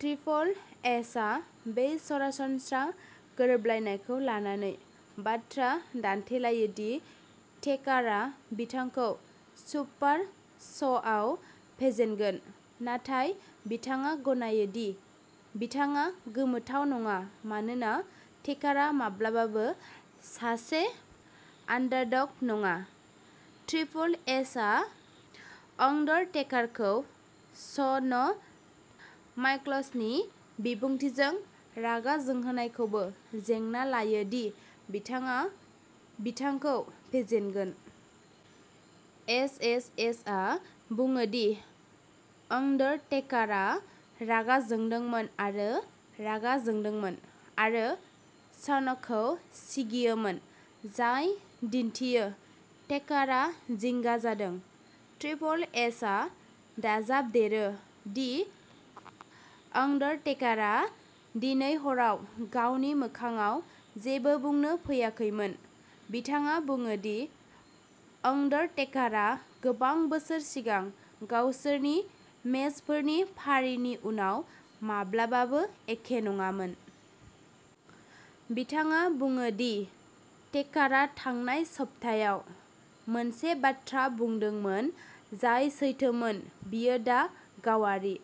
Triple एचआ बे सरासनस्रा गोरोबलायनायखौ लानानै बाथ्रा दानथेलायो दि टेकारआ बिथांखौ सुपार श'आव फेजेनगोन, नाथाय बिथाङा गनायो दि बिथाङा गोमोथाव नङा मानोना टेकारआ माब्लाबाबो सासे आन्डारडग नङा। ट्रिपल एचआ अंडरटेकारखौ श'न माइकल्सनि बिबुंथिजों रागा जोंहोनायखौबो जेंना लायो दि बिथाङा बिथांखौ फेजेनगोन। एचएचएचआ बुङो दि अंडरटेकारआ रागा जोंदोंमोन आरो रागा जोंदोंमोन, आरो श'नखौ सिगियोमोन, जाय दिन्थियो टेकारआ जिंगा जादों। ट्रिपल एचआ दाजाबदेरो दि अंडरटेकारआ दिनै हराव गावनि मोखांआव जेबो बुंनो फैयाखैमोन। बिथाङा बुङो दि अंडरटेकारआ गोबां बोसोर सिगां गावसोरनि मेचफोरनि फारिनि उनाव माब्लाबाबो एखे नङामोन। बिथाङा बुङो दि टेकारआ थांनाय सप्तायाव मोनसे बाथ्रा बुंदोंमोन जाय सैथोमोन बेयो दा गावारि।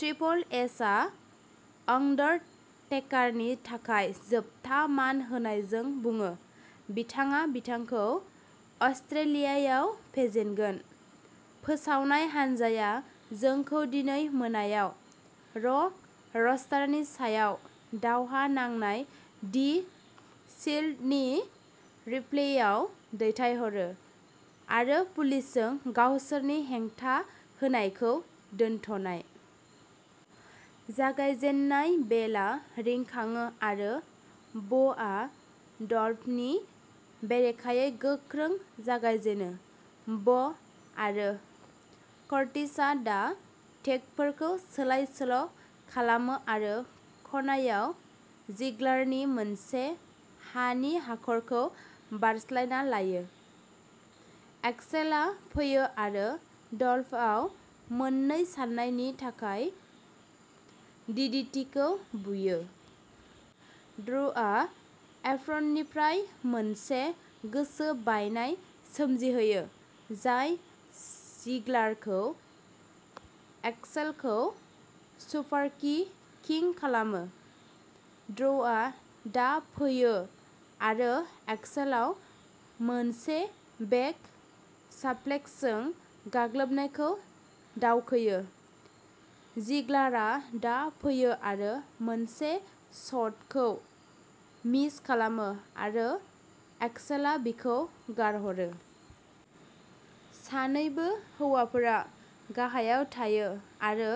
ट्रिपल एचआ अंडरटेकारनि थाखाय जोबथा मान होनायजों बुङो, बिथाङा बिथांखौ अस्ट्रेलियायाव फेजेनगोन। फोसावनाय हानजाया जोंखौ दिनै मोनायाव र' रस्टारनि सायाव दावहा नांनाय दि शील्डनि रिप्लेआव दैथायहरो, आरो पुलिसजों गावसोरनि हेंथाहोनायखौ दोनथ'नाय। जागायजेननाय बेलआ रिंखाङो आरो ब'आ डल्फनि बेरेखायै गोख्रों जागायजेनो। ब' आरो कर्टिसआ दा टेगफोरखौ सोलाय-सोल' खालामो आरो खनायाव जिग्लारनि मोनसे हानि हाखरखौ बारस्लायना लायो। एक्सेलआ फैयो आरो डल्फआव मोननै साननायनि थाखाय डिडिटिखौ बुयो। ड्रुआ एप्रननिफ्राय मोनसे गोसो बायनाय सोमजिहोयो जाय जिग्लारखौ एक्सेलखौ सुपारकि किं खालामो। ड्रुआ दा फैयो आरो एक्सेलआव मोनसे बेक साप्लेक्सजों गाग्लोबनायखौ दावखोयो। जिग्लारआ दा फैयो आरो मोनसे शटखौ मिस खालामो, आरो एक्सेलआ बिखौ गारहरो। सानैबो हौवाफोरा गाहायाव थायो आरो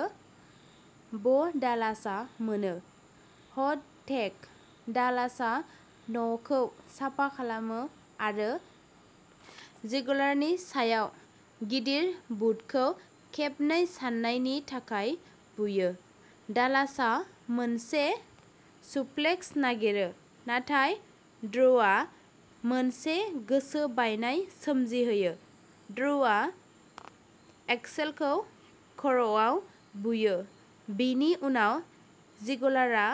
ब'डालासआ मोनो। Hot tag. डालासआ न'खौ साफा खालामो आरो जिगलारनि सायाव गिदिर बुटखौ खेबनै साननायनि थाखाय बुयो। डालासआ मोनसे सुप्लेक्स नागिरो, नाथाय ड्रुआ मोनसे गोसो बायनाय सोमजिहोयो। ड्रुआ एक्सेलखौ खर'आव बुयो, बेनि उनाव जिगलारआ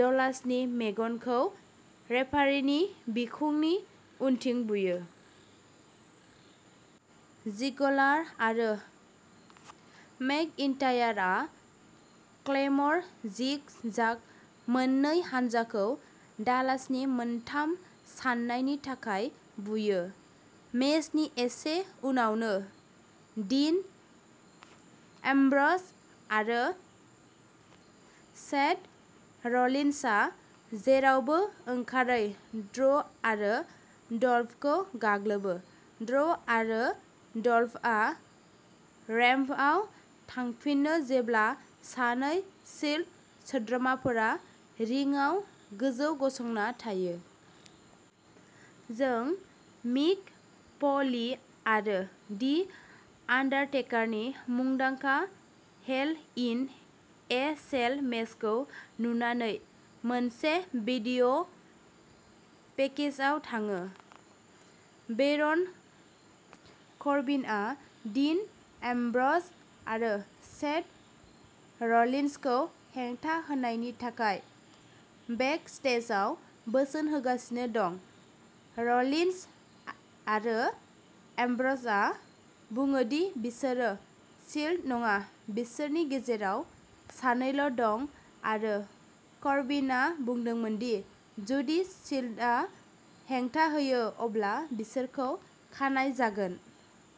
डलासनि मेगनखौ रेफारिनि बिखुंनि उनथिं बुयो। जिगलार आरो मैकइन्टायरआ क्लेमर जिग जाग मोननै हान्जाखौ डालासनि मोनथाम साननायनि थाखाय बुयो। मेचनि एसे उनावनो, डीन एम्ब्र'ज आरो सेथ र'लिन्सआ जेरावबो ओंखारै ड्रु आरो डल्फखौ गाग्लोबो। ड्रु आरो डल्फआ रेम्पआव थांफिनो जेब्ला सानै शील्ड सोद्रोमाफोरा रिंआव गोजौ गसंना थायो। जों मिक प'ली आरो दि आन्डारटेकारनि मुंदांखा हेल इन ए सेल मेचखौ नुनानै मोनसे भिडिअ'पेकेजाव थाङो। बेरन करबिनआ डीन एम्ब्र'ज आरो सेथ र'लिन्सखौ हेंथा होनायनि थाखाय बेकस्टेजआव बोसोन होगासिनो दं। र'लिन्स आरो एम्ब्र'जआ बुङो दि बिसोरो शील्ड नङा, बिसोरनि गेजेराव सानैल' दं, आरो करबिनआ बुंदोंमोन दि जुदि शील्डआ हेंथा होयो अब्ला बिसोरखौ खानाय जागोन।